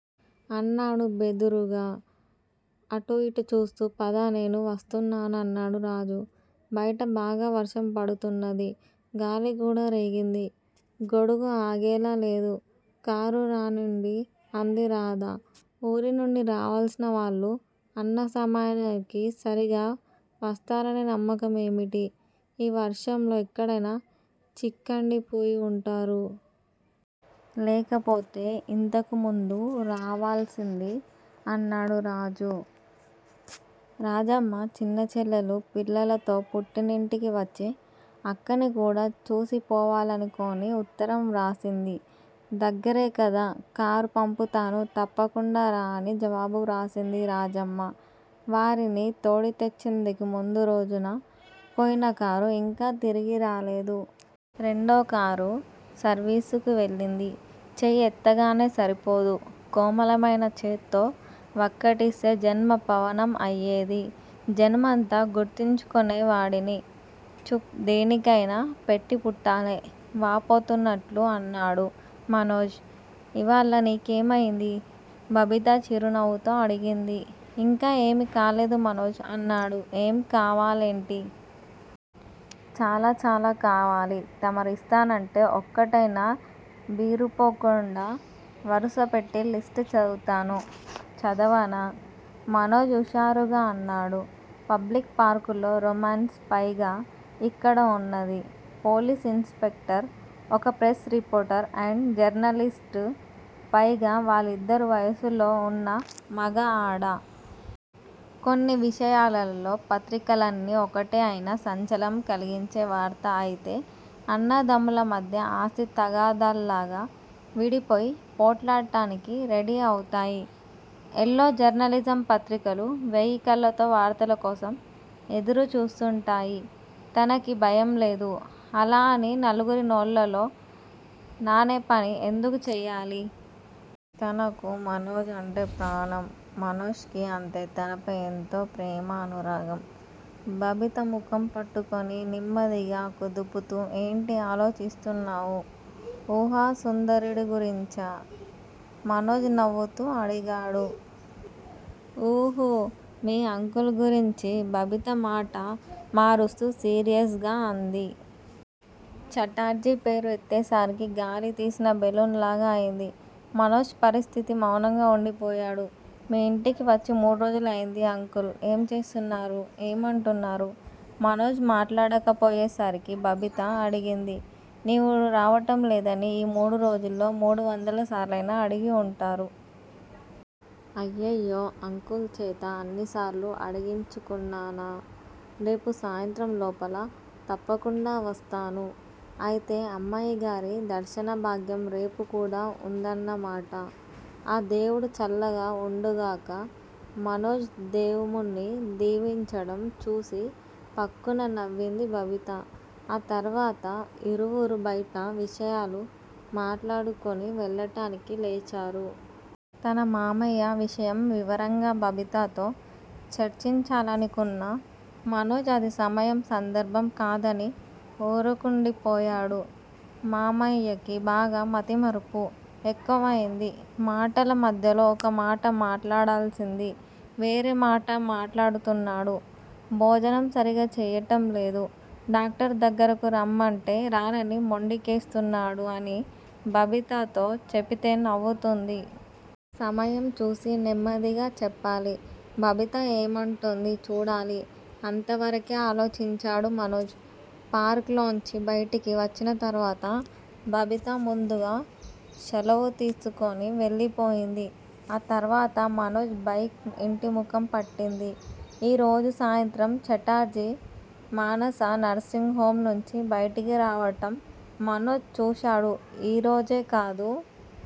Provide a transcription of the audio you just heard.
అన్నాడు బెదురుగా ఇటు అటు చూస్తూ. పద, నేనూ వస్తున్నాను అన్నాడు రాజు. బయట బాగా వర్షం పడుతున్నది. గాలికూడా రేగింది. గొడుగు ఆగేలా లేదు. కారు రానీండి అంది రాధ. ఊరినుండి రావలసినవాళ్ళు అన్న సమయానికి సరిగా వస్తారనే నమ్మకం ఏమిటి? ఈ వర్షంలో ఎక్కడైనా చిక్కండిపోయి వుంటారు. లేకపోతే ఇంతకుముందు రావలసింది అన్నాడు రాజు. రాజమ్మ చిన్నచెల్లెలు పిల్లలతో పుట్టినింటికి వచ్చి, అక్కని కూడా చూసిపోవాలనుకొని ఉత్తరం వ్రాసింది. దగ్గరే కదా, కారు పంపుతాను, తప్పకుండా రా అని జవాబు వ్రాసింది రాజమ్మ. వారిని తోడి తెచ్చిందికి ముందురోజున పోయిన కారు ఇంకా తిరిగి రాలేదు. రెండోకారు సర్వీసుకి వెళ్ళింది. చేయి ఎత్తంగానే సరిపోదు కోమలమైన చేత్తో వక్కటిస్తే జన్మ పావనం అయ్యేది. జన్మంతా గుర్తించుకునే వాడిని చుప్ దేనికయినా పెట్టిపుట్టాలి. వాపోతున్నట్లు అన్నాడు మనోజు. ఇవాళ నీకేమయింది? బబిత చిరునవ్వుతో అడిగింది. ఇంకా ఏమీ కాలేదు మనోజ్ అన్నాడు. ఏం కావాలేంటీ? చాలా చాలా కావాలి. తమరిస్తానంటే వక్కటైనా బీరుపోకుండా వరుసపెట్టి లిస్ట్ చదువుతాను. చదవనా! మనోజ్ ఉషారుగా అన్నాడు. పబ్లిక్ పార్కులో రొమాన్స్ పైగా ఇక్కడ వున్నది పోలీసు ఇన్ స్పెక్టరు. ఒక ప్రెస్ రిపోర్టర్ అండ్ జర్నలిస్ట్ పైగ వాళ్ళిద్దరూ వయసులో వున్న మగ ఆడ. కొన్ని విషయాలలో పత్రికలన్నీ వకటే అయినా సంచలనం కలిగించే వార్త అయితే అన్నదమ్ముల మధ్య ఆస్తి తగాదాల్లాగా విడిపోయి పోట్లాటకి రెడీ అవుతాయి. ఎల్లో జర్నలిజం పత్రికలు వేయికళ్ళతో వార్తల కోసం ఎదురు చూస్తుంటాయి తనకి భయంలేదు. అలా అని నలుగురి నోళ్ళలో నానేపని ఎందుకు చేయాలి! తనకి మనోక్ అంటే ప్రాణం, మనోజ్ కి అంతే తనపై ఎంతో ప్రేమ అనురాగం బబిత ముఖం పట్టుకుని నిమ్మదిగ కుదుపుతూ ఏంటి ఆలోచిస్తున్నావ్! ఊహా సుందరుడి గురించా? మనోజ్ నవ్వుతూ అడిగాడు. ఉహూ మీ అంకుల్ గురించి. బబిత మాట మారుస్తూ సీరియస్ గా అంది. ఛటర్జీ పేరు ఎత్తేసరికి గాలి తీసిన బెలూన్ లాగా అయింది మనోజ్ పరిస్థితి, మౌనంగా వుండిపోయాడు. మీ యింటికి వచ్చి మూడు రోజులు అయింది. అంకుల్ ఏం చేస్తున్నారు! ఏమంటున్నారు? మనోజ్ మాట్లాడకపోయేసరికి బబిత అడిగింది. నీవు రావటం లేదని ఈ మూడు రోజుల్లో మూడు వందల సార్లయినా అడిగివుంటారు. అయ్యెయ్యో! అంకుల్ చేత అన్నిసార్లు అడిగించుకున్నానా! రేపు సాయంత్రం లోపల తప్పకుండావస్తాను. అయితే అమ్మాయిగారి దర్శనభాగ్యం రేపు కూడా వుందన్నమాట. ఆ దేవుడు చల్లగ వుండుగాక. మనోజ్ దేముణ్ని దీవించటం చూసి ఫక్కున నవ్వింది బబిత. ఆ తర్వాత ఇరువురు బైట విషయాలు మాట్లాడుకుని వెళ్ళటానికి లేచారు. తన మామయ్య విషయం వివరంగ బబితతో చర్చించాలనుకున్న మనోజ్ అది సమయము సందర్భము కాదని ఊరుకుండిపోయాడు. మామయ్యకి బాగా మతిమరుపు ఎక్కువయింది. మాటల మధ్యలో ఒక మాట మాట్లాడాల్సింది. వేరే మాట మాట్లాడుతున్నాడు. భోజనం సరీగ చేయటంలేదు. డాక్టర్ దగ్గరకు రమ్మంటే రానని మొండికేస్తున్నాడు అని బబితతో చెపితే నవ్వుతుంది. సమయంచూసి నెమ్మదిగా చెప్పాలి. బబిత ఏమంటుందో చూడాలి అంతవరకే ఆలోచించాడు మనోజ్. పార్క్ లోంచి బైటికి వచ్చింతరువాత బబిత ముందుగా శలవు తీసుకుని వెళ్ళిపోయింది. ఆ తర్వాత మనోజ్ బైక్ ఇంటి ముఖం పట్టింది. ఈ రోజు సాయంత్రం. ఛటార్జీ. మానసా నర్సింగ్ హోమ్ నుంచి బయటకి రావటం మనోజ్ చూశాడు. ఈ రోజే కాదు